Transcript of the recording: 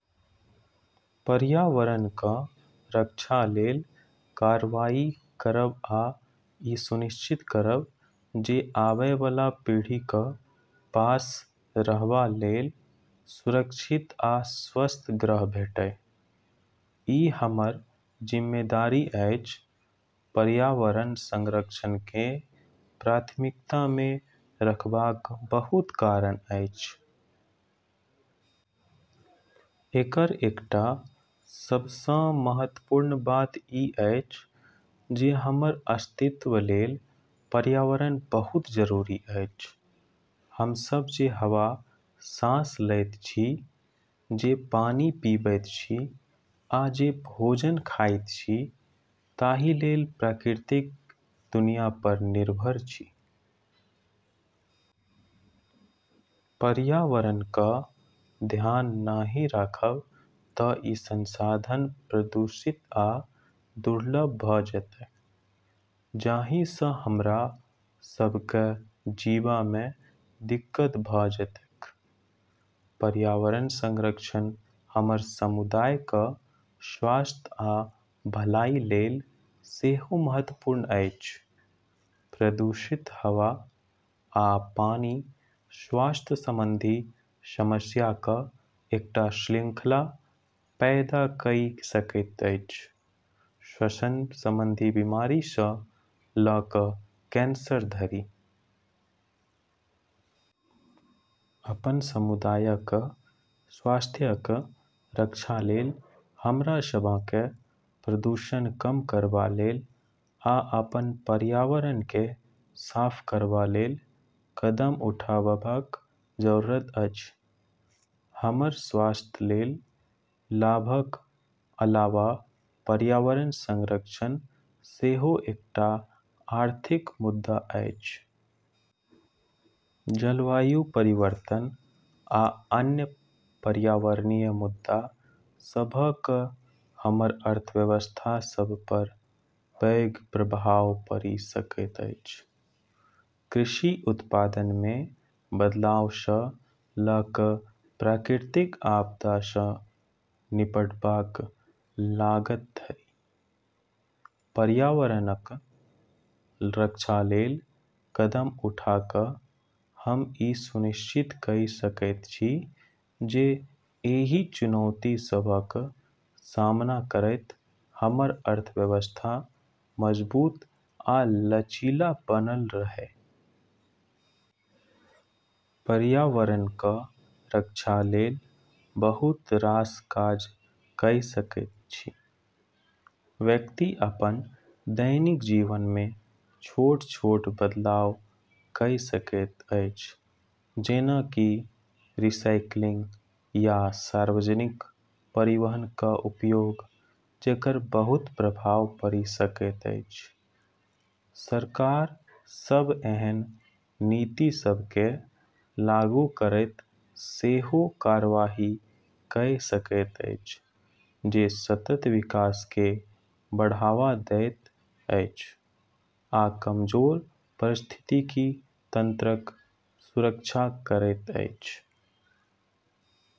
पर्यावरणक रक्षा लेल कार्रवाई करब आ ई सुनिश्चित करब जे आबए बला पीढ़ीक पास रहबा लेल सुरक्षित आ स्वस्थ ग्रह भेटए, ई हमर जिम्मेदारी अछि। पर्यावरण संरक्षणकेँ प्राथमिकता मे रखबाक बहुत कारण अछि। एकर एकटा सबसँ महत्वपूर्ण बात ई अछि जे हमर अस्तित्व लेल पर्यावरण बहुत जरूरी अछि। हम सभ जे हवा साँस लैत छी, जे पानि पीबैत छी, आ जे भोजन खाइत छी ताहि लेल प्राकृतिक दुनिया पर निर्भर छी। पर्यावरणक ध्यान नहि राखब तँ ई संसाधन प्रदूषित आ दुर्लभ भऽ जेतैक, जाहि सँ हमरा सभ केँ जीबामे दिक्कत भऽ जेतैक। पर्यावरण संरक्षण हमर समुदायक स्वास्थ्य आ भलाइ लेल सेहो महत्वपूर्ण अछि। प्रदूषित हवा आ पानि स्वास्थ्य संबंधी समस्याक एकटा श्रृंखला पैदा कइ सकैत अछि, श्वसन संबंधी बीमारी सँ लऽ कऽ कैंसर धरि। अपन समुदायक स्वास्थ्यक रक्षा लेल हमरा सभ केँ प्रदूषण कम करबा लेल आ अपन पर्यावरणकेँ साफ करबा लेल कदम उठाबबाक जरूरत अछि। हमर स्वास्थ्य लेल लाभक अलावा पर्यावरण संरक्षण सेहो एकटा आर्थिक मुद्दा अछि। जलवायु परिवर्तन आ अन्य पर्यावरणीय मुद्दा सभक हमर अर्थव्यवस्था सभ पर पैघ प्रभाव पड़ि सकैत अछि, कृषि उत्पादन मे बदलाव सँ लऽ कऽ प्राकृतिक आपदा सँ निपटबाक लागत धरि। पर्यावरणक रक्षा लेल कदम उठा कऽ हम ई सुनिश्चित कइ सकैत छी जे एहि चुनौती सभक सामना करैत हमर अर्थव्यवस्था मजबूत आ लचीला बनल रहए। पर्यावरणक रक्षा लेल बहुत रास काज कइ सकैत छी। व्यक्ति अपन दैनिक जीवन मे छोट-छोट बदलाव कइ सकैत अछि, जेना कि रिसाइकिलिंग या सार्वजनिक परिवहनक उपयोग, जेकर बहुत प्रभाव पड़ि सकैत अछि। सरकार सभ एहन नीति सभ केँ लागू करैत सेहो कार्रवाई कइ सकैत अछि जे सतत विकास केँ बढ़ावा दैत अछि आ कमजोर पारिस्थितिकी तंत्रक सुरक्षा करैत अछि।